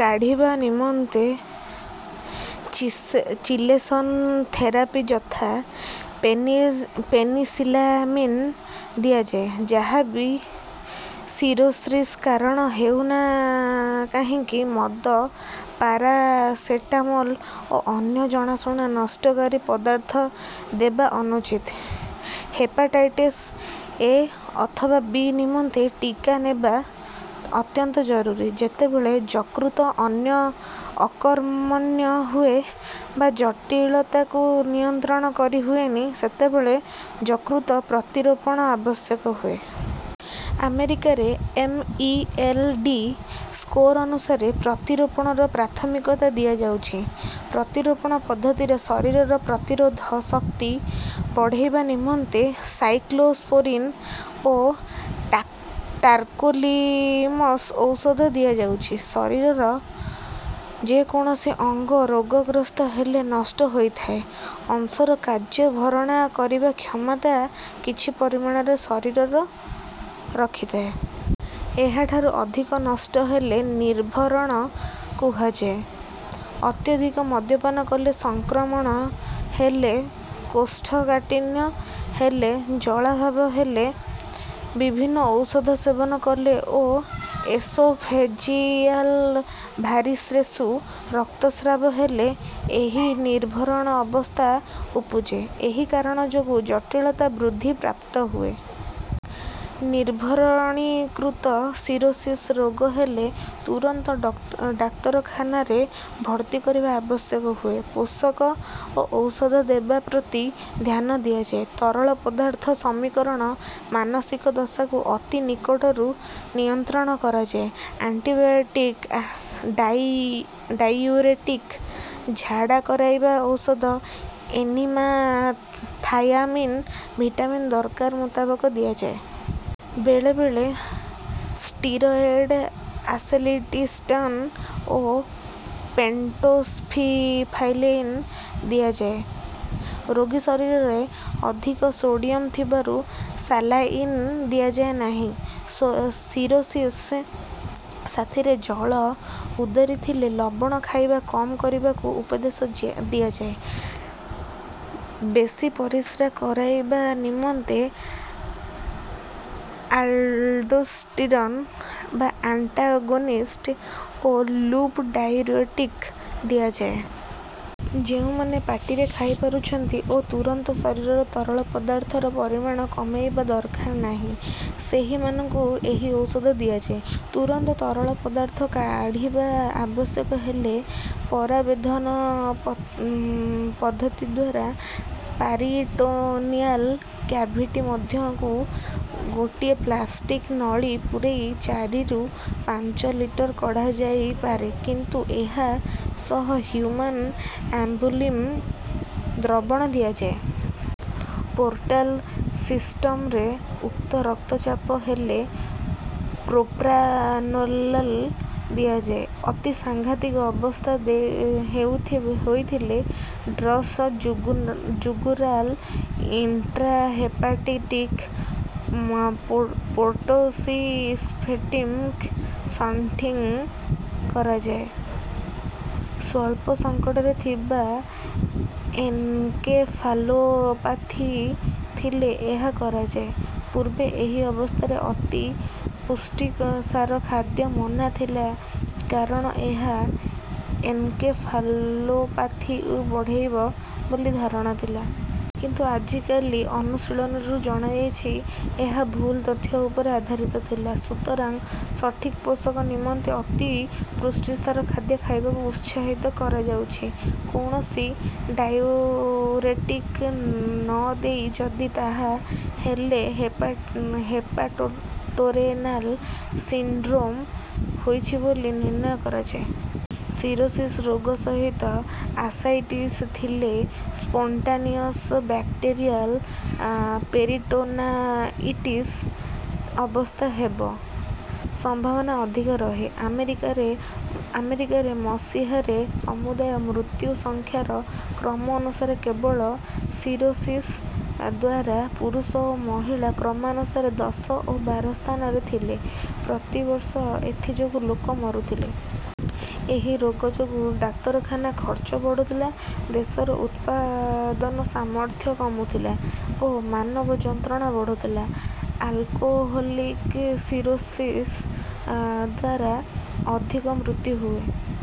କାଢିବା ନିମନ୍ତେ chelation therapy ଯଥା penicillamine ଦିଆଯାଏ। ଯାହା ବି ସିରୋସିସ୍ର କାରଣ ହେଉ ନା କାହିଁକି ମଦ ପାରାସେଟାମଲ୍ ଓ ଅନ୍ୟ ଜଣାଶୁଣା ନଷ୍ଟକାରୀ ପଦାର୍ଥ ଦେବା ଅନୁଚିତ। ହେପାଟାଇଟିସ୍ ଏ ଅଥବା ବି ନିମନ୍ତେ ଟୀକା ନେବା ଅତ୍ୟନ୍ତ ଜରୁରୀ। ଯେତେବେଳେ ଯକୃତ ଅକର୍ମନ୍ୟ ହୁଏ ବା ଜଟୀଳତାକୁ ନିୟନ୍ତ୍ରଣ କରି ହୁଏନି ସେତେବେଳେ ଯକୃତ ପ୍ରତିରୋପଣ ଆବଶ୍ୟକ ହୁଏ। ଆମେରିକାରେ M. E. L. D. Score ଅନୁସାରେ ପ୍ରତିରୋପଣର ପ୍ରାଥମିକତା ଦିଆଯାଉଛି। ପ୍ରତିରୋପଣ ପଦ୍ଧତିରେ ଶରୀରର ପ୍ରତିରୋଧ ଶକ୍ତି ବଢେଇବା ନିମନ୍ତେ ସାଇକ୍ଲୋସ୍ପୋରିନ୍ ଓ ଟାର୍କୋଲିମସ ଔଷଧ ଦିଆଯାଉଛି। ଶରୀରର ଯେ କୌଣସି ଅଙ୍ଗ ରୋଗଗ୍ରସ୍ତ ହେଲେ ନଷ୍ଟ ହୋଇଥିବା ଅଂଶର କାର୍ଯ୍ୟ ଭରଣା କରିବା କ୍ଷମତା କିଛି ପରିମାଣରେ ଶରୀର ରଖିଥାଏ। ଏହାଠାରୁ ଅଧିକ ନଷ୍ଟ ହେଲେ ନିର୍ଭରଣ କୁହାଯାଏ। ଅତ୍ୟଧିକ ମଦ୍ୟପାନ କଲେ ସଂକ୍ରମଣ ହେଲେ କୋଷ୍ଠକାଠିନ୍ୟ ହେଲେ ଜଳାଭାବ ହେଲେ ବିଭିନ୍ନ ଔଷଧ ସେବନ କଲେ ଓ ଏସୋଫେଜିଆଲ୍ ଭାରିସେସ୍ରୁ ରକ୍ତସ୍ରାବ ହେଲେ ଏହି ନିର୍ଭରଣ ଅବସ୍ଥା ଉପୁଜେ। ଏହି କାରଣ ଯୋଗୁ ଜଟୀଳତା ବୃଦ୍ଧି ପ୍ରାପ୍ତ ହୁଏ। ନିର୍ଭରଣିକୃତ ସିରୋସିସ୍ ରୋଗ ହେଲେ ତୁରନ୍ତ ଡାକ୍ତରଖାନାରେ ଭର୍ତ୍ତି କରିବା ଆବଶ୍ୟାକ ହୁଏ। ପୋଷକ ଓ ଔଷଧ ଦେବା ପ୍ରତି ଧ୍ୟାନ ଦିଆଯାଏ। ତରଳ ପଦାର୍ଥ ସମୀକରଣ ମାନସିକ ଦଶାକୁ ଅତି ନିକଟରୁ ନିୟନ୍ତ୍ରଣ କରାଯାଏ। ଆଣ୍ଟିବାୟୋଟିକ୍ ଡାଇୟୁରେଟିକ୍ ଝାଡା କରେଇବା ଔଷଧ ଏନିମା ଥାୟାମିନ୍ ଭିଟାମିନ୍ ଦରକାର ମୁତାବକ ଦିଆଯାଏ। ବେଳେ ବେଳେ ସ୍ଟିରଏଡ୍ ଆସେଟିଲ୍ସିସ୍ଟିନ୍ ଓ ପେଣ୍ଟୋକ୍ସିଫାଇଲିନ୍ ଦିଆଯାଏ। ରୋଗୀ ଶରୀରରେ ଅଧିକ ସୋଡିୟମ ଥିବାରୁ ସାଲାଇନ୍ ଦିଆଯାଏ ନାହିଁ। ସିରୋସିସ୍ ସାଥିରେ ଜଳ ଉଦରୀ ଥିଲେ ଲବଣ ଖାଇବା କମ୍ ଖାଇବାକୁ ଉପଦେଶ ଦିଆଯାଏ। ବେଶି ପରିଶ୍ରା କରେଇବା ନିମନ୍ତେ ଆଲ୍ଡୋସ୍ଟିରନ୍ ଆଣ୍ଟାଗୋନିଷ୍ଟ ଓ ଲୁପ୍ ଡାଇୟୁରେଟିକ୍ ଦିଆଯାଏ। ଯେଉଁମାନେ ପାଟିରେ ଖାଇ ପାରୁଛନ୍ତି ଓ ତୁରନ୍ତ ଶରୀରର ତରଳ ପଦାର୍ଥର ପରିମାଣ କମେଇବା ଦରକାର ନାହିଁ ସେହିମାନଙ୍କୁ ଏହି ଔଷଧ ଦିଆଯାଏ। ତୁରନ୍ତ ତରଳ ପଦାର୍ଥ କାଢିବା ଆବଶ୍ୟକ ହେଲେ ପରାବେଧନପଦ୍ଧତିଦ୍ୱାରା ପେରିଟୋନିଆଲ୍ କ୍ୟାଭିଟି ମଧ୍ୟକୁ ଗୋଟିଏ ପ୍ଲାସ୍ଟିକ ନଳି ପୁରେଇ ଚାରିରୁ ପାଞ୍ଚ ଲିଟର୍ କଢାଯାଇ ପାରେ କିନ୍ତୁ ଏହା ସହ ହ୍ୟୁମ୍ୟାନ ଆଲ୍ବୁମିନ୍ ଦ୍ରବଣ ଦିଆଯାଏ। ପୋର୍ଟାଲ୍ ସିସ୍ଟମରେ ଉଚ୍ଚ ରକ୍ତ ଚାପ ହେଲେ ପ୍ରୋପ୍ରାନୋଲୋଲ୍ ଦିଆଯାଏ। ଅତି ସାଂଘାତିକ ଅବସ୍ଥା ହୋଇଥିଲେ ଟ୍ରନ୍ସଜୁଗୁଲାର୍ ଇନ୍ଟ୍ରାହେପାଟିକ୍ ପୋର୍ଟୋସିସ୍ଟେମିକ୍ ସଣ୍ଟିଙ୍ଗ କରାଯାଏ। ସ୍ୱଳ୍ପ ସଂକଟରେ ଥିବା ଏନ୍କେଫାଲୋପାଥି ଥିଲେ ଏହା କରାଯାଏ। ପୂର୍ବେ ଏହି ଅବସ୍ଥାରେ ଅତି ପୁଷ୍ଟିସାର ଖାଦ୍ୟ ମନା ଥିଲା କାରଣ ଏହା ଏନ୍କେଫାଲୋପାଥି ବଢେଇବ ବୋଲି ଧାରଣା ଥିଲା। କିନ୍ତୁ ଆଜିକାଲି ଅନୁଶୀଳନରୁ ଜଣାଯାଇଛି ଏହା ଭୁଲ ତଥ୍ୟ ଉପରେ ଆଧାରିତ ଥିଲା। ସୁତରାଂ ସଠିକ ପୋଷକ ନିମନ୍ତେ ଅତି ପୁଷ୍ଟିସାର ଖାଦ୍ୟ ଖାଇବାକୁ ଉତ୍ସାହିତ କରାଯାଉଛି। କୌଣସି ଡାଇୟୁରେଟିକ୍ ନ ଦେଇ ଯଦି ତାହା ହେଲେ ହେପାଟୋରେନାଲ୍ ସିଣ୍ଡ୍ରୋମ ହୋଇଛି ବୋଲି ନିର୍ଣ୍ଣୟ କରାଯାଏ। ସିରୋସିସ୍ ରୋଗ ସହିତ ଆସାଇଟିସ୍ ଥିଲେ ସ୍ପୋଣ୍ଟାନିଅସ୍ ବ୍ୟାକ୍ଟେରିଆଲ୍ ପେରିଟୋନାଇଟିସ୍ ଅବସ୍ଥା ହେବା ସମ୍ଭାବନା ଅଧିକ ରହେ। ଆମେରିକାରେ ମସିହାରେ ସମୁଦାୟ ମୃତ୍ୟୁ ସଂଖ୍ୟାର କ୍ରମ ଅନୁସାରେ କେବଳ ସିରୋସିସ୍ଦ୍ୱାରା ପୁରୁଷ ଓ ମହିଳା କ୍ରମାନୁସାରେ ଦଶ ଓ ବାର ସ୍ଥାନରେ ଥିଲେ। ପ୍ରତିବର୍ଷ ଏଥିଯୋଗୁ ଲୋକ ମରୁଥିଲେ। ଏହି ରୋଗ ଯୋଗୁ ଡାକ୍ତରଖାନା ଖର୍ଚ୍ଚ ବଢୁଥିଲା ଦେଶର ଉତ୍ପାଦନ ସାମର୍ଥ୍ୟ କମୁଥିଲା ଓ ମାନବ ଯନ୍ତ୍ରଣା ବଢୁଥିଲା। ଆଲ୍କୋହୋଲିକ୍ ସିରୋସିସ୍ଦ୍ୱାରା ଅଧିକ ମୃତ୍ୟୁ ହୁଏ।